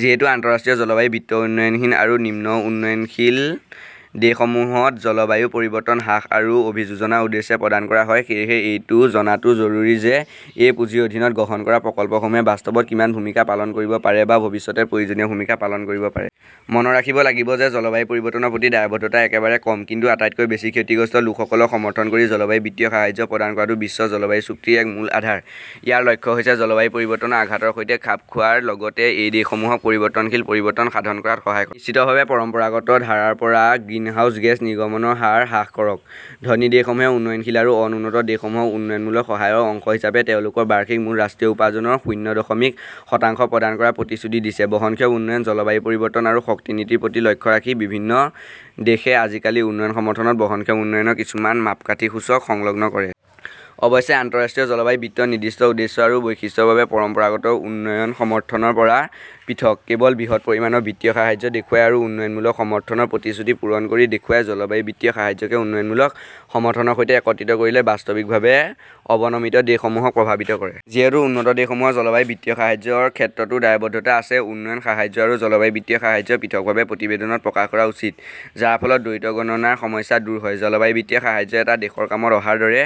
যিহেতু আন্তঃৰাষ্ট্ৰীয় জলবায়ু বিত্ত উন্নয়নহীন আৰু নিম্ন উন্নয়নশীল দেশসমূহত জলবায়ু পৰিৱৰ্তন হ্ৰাস আৰু অভিযোজনৰ উদ্দেশ্যে প্ৰদান কৰা হয়, সেয়েহে এইটো জনাটো জৰুৰী যে এই পুঁজিৰ অধীনত গ্ৰহণ কৰা প্ৰকল্পসমূহে বাস্তৱত কিমান ভূমিকা পালন কৰিব পাৰে বা ভৱিষ্যতে প্ৰয়োজনীয় ভূমিকা পালন কৰিব পাৰে। মনত ৰাখিব লাগিব যে জলবায়ু পৰিৱৰ্তনৰ প্ৰতি দায়বদ্ধতা একেবাৰে কম কিন্তু আটাইতকৈ বেছি ক্ষতিগ্ৰস্ত লোকসকলক সমৰ্থন কৰি জলবায়ু বিত্তীয় সাহায্য প্ৰদান কৰাটো বিশ্ব জলবায়ু চুক্তিৰ এক মূল আধাৰ। ইয়াৰ লক্ষ্য হৈছে জলবায়ু পৰিৱৰ্তনৰ আঘাতৰ সৈতে খাপ খোৱাৰ লগতে এই দেশসমূহক পৰিৱৰ্তনশীল পৰিৱৰ্তন সাধন কৰাত সহায় কৰা। নিশ্চিতভাৱে পৰম্পৰাগত ধাৰাৰ পৰা গ্ৰিনহাউজ গেছ নিৰ্গমনৰ হাৰ হ্ৰাস কৰক। ধনী দেশসমূহে উন্নয়নশীল আৰু অনুন্নত দেশসমূহক উন্নয়নমূলক সহায়ৰ অংশ হিচাপে তেওঁলোকৰ বাৰ্ষিক মুঠ ৰাষ্ট্ৰীয় উপাৰ্জনৰ শূন্য দশমিক শতাংশ প্ৰদান কৰাৰ প্ৰতিশ্ৰুতি দিছে। বহনক্ষম উন্নয়ন, জলবায়ু পৰিৱৰ্তন আৰু শক্তি নীতিৰ প্ৰতি লক্ষ্য ৰাখি বিভিন্ন দেশে আজিকালি উন্নয়ন সমৰ্থনত বহনক্ষম উন্নয়নৰ কিছুমান মাপকাঠি ূচক সংলগ্ন কৰে। অৱশ্যে, আন্তঃৰাষ্ট্ৰীয় জলবায়ু বিত্ত নিৰ্দিষ্ট উদ্দেশ্য আৰু বৈশিষ্ট্যৰ বাবে পৰম্পৰাগত উন্নয়ন সমৰ্থনৰ পৰা পৃথক। কেৱল বৃহৎ পৰিমাণৰ বিত্তীয় সাহায্য দেখুৱাই আৰু উন্নয়নমূলক সমৰ্থনৰ প্ৰতিশ্ৰুতি পূৰণ কৰি দেখুৱাই, জলবায়ু বিত্তীয় সাহায্যক উন্নয়নমূলক সমৰ্থনৰ সৈতে একত্ৰিত কৰিলে বাস্তৱিকভাৱে অৱনমিত দেশসমূহক প্ৰভাৱিত কৰে। যিহেতু উন্নত দেশসমূহৰ জলবায়ু বিত্তীয় সাহায্যৰ ক্ষেত্ৰতো দায়বদ্ধতা আছে; উন্নয়ন সাহায্য আৰু জলবায়ু বিত্তীয় সাহায্য পৃথকভাৱে প্ৰতিবেদনত প্ৰকাশ কৰা উচিত, যাৰ ফলত দ্বৈত গণনাৰ সমস্যা দূৰ হয়। জলবায়ু বিত্তীয় সাহায্য এটা দেশৰ কামত অহাৰ দৰে,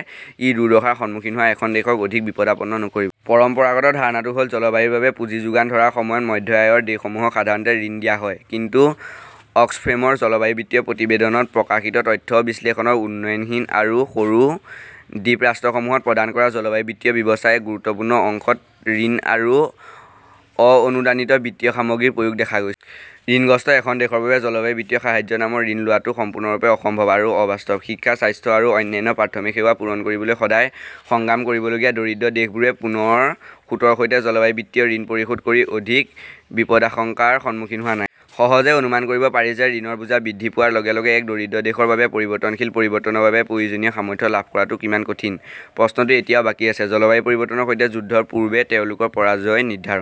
ই দুৰ্দশাৰ সন্মুখীন হোৱা এখন দেশক অধিক বিপদাপন্ন নকৰিব। পৰম্পৰাগত ধাৰণাটো হ 'ল জলবায়ুৰ বাবে পুঁজি যোগান ধৰাৰ সময়ত মধ্য-আয়ৰ দেশসমূহক সাধাৰণতে' ঋণ "দিয়া হয়। কিন্তু অক্সফেমৰ 'জলবায়ু বিত্তীয় প্ৰতিবেদন ' ত প্ৰকাশিত তথ্য বিশ্লেষণত, উন্নয়নহীন আৰু সৰু দ্বীপ ৰাষ্ট্ৰসমূহত প্ৰদান কৰা জলবায়ু বিত্তীয় ব্যৱস্থাৰ এক গুৰুত্বপূৰ্ণ অংশ ত 'ঋণ' আৰু 'অ-অনুদানিত' বিত্তীয় সামগ্ৰীৰ প্ৰয়োগ দেখা গৈছে। ঋণগ্ৰস্ত এখন দেশৰ বাবে জলবায়ু বিত্তীয় সাহায্যৰ নামত ঋণ লোৱাটো সম্পূৰ্ণৰূপে অসম্ভৱ আৰু অবাস্তৱ। শিক্ষা, স্বাস্থ্য আৰু অন্যান্য প্ৰাথমিক সেৱা পূৰণ কৰিবলৈ সদায় সংগ্ৰাম কৰিবলগীয়া দৰিদ্ৰ দেশবোৰে পুনৰ সুতৰ সৈতে জলবায়ু বিত্তীয় ঋণ পৰিশোধ কৰি অধিক বিপদাশংকাৰ সন্মুখীন হোৱা নাই! সহজে অনুমান কৰিব পাৰি যে ঋণৰ বোজা বৃদ্ধি পোৱাৰ লগে লগে এক দৰিদ্ৰ দেশৰ বাবে পৰিৱৰ্তনশীল পৰিৱৰ্তনৰ বাবে প্ৰয়োজনীয় সামৰ্থ্য লাভ কৰাটো কিমান কঠিন। প্ৰশ্নটো এতিয়াও বাকী আছে, জলবায়ু পৰিৱৰ্তনৰ সৈতে যুদ্ধৰ পূৰ্বে তেওঁলোকৰ পৰাজয় নিৰ্ধাৰণ